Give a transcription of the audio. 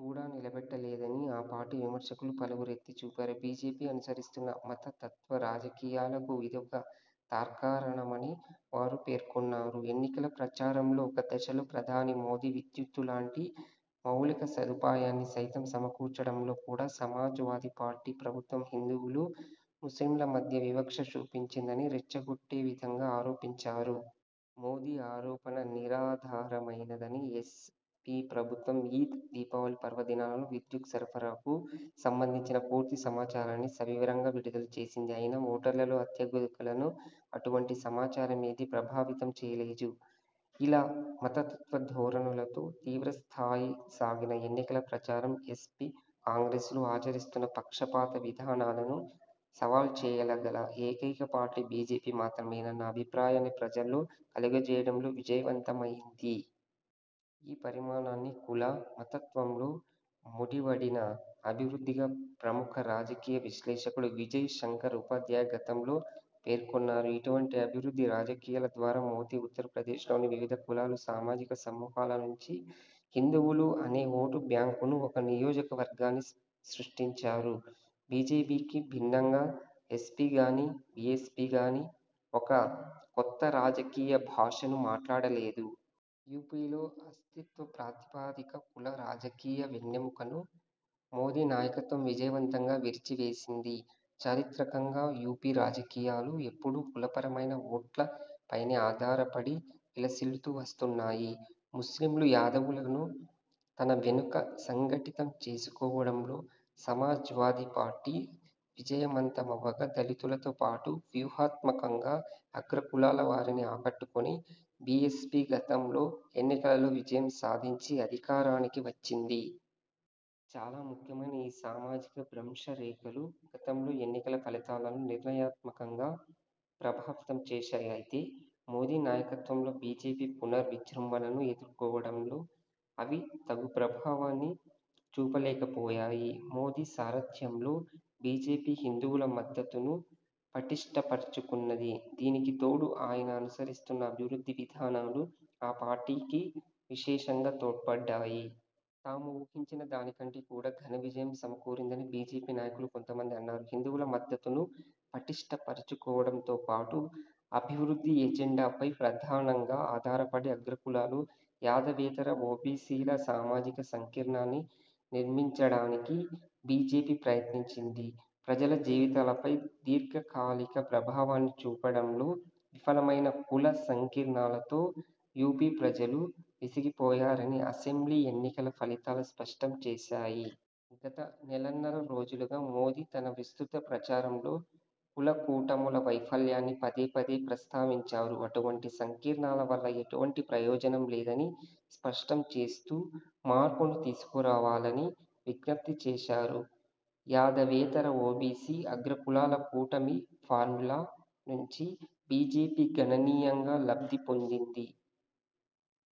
కూడా నిలబెట్ట లేదని ఆ పార్టీ విమర్శకులు పలువురు ఎత్తి చూపారు. బీజేపీ అనుసరిస్తున్న మతతత్వ రాజకీయాలకు ఇదొక తార్కాణమని వారు పేర్కొన్నారు. ఎన్నికల ప్రచారంలో ఒక దశలో ప్రధాని మోదీ విద్యుత్తులాంటి మౌలిక సదుపాయాన్ని సైతం సమకూర్చడంలో కూడా సమాజ్ వాదీ పార్టీ ప్రభుత్వం హిందువులు, ముస్లింల మధ్య వివక్ష చూపించిందని రెచ్చగొట్టే విధంగా ఆరోపించారు. మోదీ ఆరోపణ నిరాధారమైనదని ఎస్ పి ప్రభుత్వం ఈద్, దీపావళి పర్వదినాలలో విద్యుత్ సరఫరాకు సంబంధించిన పూర్తి సమాచారాన్ని సవివరంగా విడుదల చేసింది. అయినా ఓటర్లలో అత్యధికులను అటువంటి సమాచారమేదీ ప్రభావితం చేయలేజు. ఇలా మతతత్వ ధోరణులతో తీవ్రస్థాయిలో సాగిన ఎన్నికల ప్రచారం, ఎస్పి, కాంగ్రెస్లు ఆచరిస్తున్న పక్షపాత విధానాలను సవాల్చేయగల ఏకైక పార్టీ బీజేపీ మాత్రమేనన్న అభిప్రాయాన్ని ప్రజల్లో కలుగచేయడంలో విజయవంతమయింది. ఈ పరిమాణాన్నీ 'కుల/మతత్వంలో ముడివడిన అభివృద్ధి'గా ప్రముఖ రాజకీయ విశ్లేషకుడు విజయ్ శంకర్ ఉపాధ్యాయ గతంలో పేర్కొన్నారు. ఇటువంటి అభివృద్ధి రాజకీయాల ద్వారా మోదీ, ఉత్తరప్రదేశ్లోని వివిధ కులాలు, సామాజిక సమూహాల నుంచి 'హిందువులు' అనే ఓటు బ్యాంకును, ఒక నియోజక వర్గాన్ని సృష్టించారు. బీజేపీకి భిన్నంగా ఎస్పిగానీ, బిఎస్పిగానీ ఒక కొత్త రాజకీయ భాషను మాట్లాడలేదు. యూపీలో అస్తిత్వ ప్రాతిపదిక కుల రాజకీయా వెన్నెముకను మోదీ నాయకత్వం విజయవంతంగా విరిచివేసింది. చారిత్రకంగా యూపీ రాజకీయాలు ఎప్పుడూ కులపరమైన ఓట్ల పైనే ఆధారపడి విలసిల్లుతూ వస్తున్నాయి. ముస్లింలు, యాదవులను తన వెనుక సంఘటితం చేసుకోవడంలో సమాజ్వాదీ పార్టీ విజయవంతమవ్వగా దళితులతో పాటు వ్యూహాత్మకంగా 'అగ్రకులాల'వారిని ఆకట్టుకొని బీఎస్పీ గతంలో ఎన్నికలలో విజయం సాధించి అధికారానికి వచ్చింది. చాలా ముఖ్యమైన ఈ సామాజిక భ్రంశరేఖలు గతంలో ఎన్నికల ఫలితాలను నిర్ణయాత్మకంగా ప్రభావితం చేశాయి. అయితే మోదీ నాయకత్వంలో బీజేపీ పునర్ విజృంభణను ఎదుర్కోవడంలో అవి తగు ప్రభావాన్ని చూపలేకపోయాయి. మోదీ సారథ్యంలో బీజేపీ హిందువుల మద్దతును పటిష్ఠపరచుకున్నది. దీనికి తోడు ఆయన అనుసరిస్తున్న అభివృద్ధి విధానాలు ఆ పార్టీకి విశేషంగా తోడ్పడ్డాయి. తాము ఊహించిన దాని కంటే కూడా ఘన విజయం సమకూరిందని బీజేపీ నాయకులు కొంతమంది అన్నారు. హిందువుల మద్దతును పటిష్ఠపరచుకోవడంతోపాటు అభివృద్ధి ఎజెండాపై ప్రధానంగా ఆధారపడి, 'అగ్రకులాలు', యాదవేతర ఓబీసీల ' సామాజిక సంకీర్ణాన్ని నిర్మించడానికి బీజేపీ ప్రయత్నించింది. ప్రజల జీవితాలపై దీర్ఝకాలిక ప్రభావాన్ని చూపడంలో విఫలమైన కుల సంకీర్ణాలతో యూపీ ప్రజలు విసిగిపోయారని అసెంబ్లీ ఎన్నికల ఫలితాల స్పష్టం చేశాయి. గత నెలన్నర రోజులుగా మోదీ తన విస్తృత ప్రచారంలో కులకూటముల వైఫల్యాన్ని పదేపదే ప్రస్తావించారు. అటువంటి సంకీర్ణాల వల్ల ఎటువంటి ప్రయోజనం లేదని స్పష్టం చేస్తూ మార్పును తీసుకురావాలని విజ్ఞప్తి చేశారు. యాదవేతర ఓబీసీ – అగ్రకులాల కూటమి ఫార్ములా నుంచి బీజేపీ గణనీయంగా లబ్ధిపొందింది.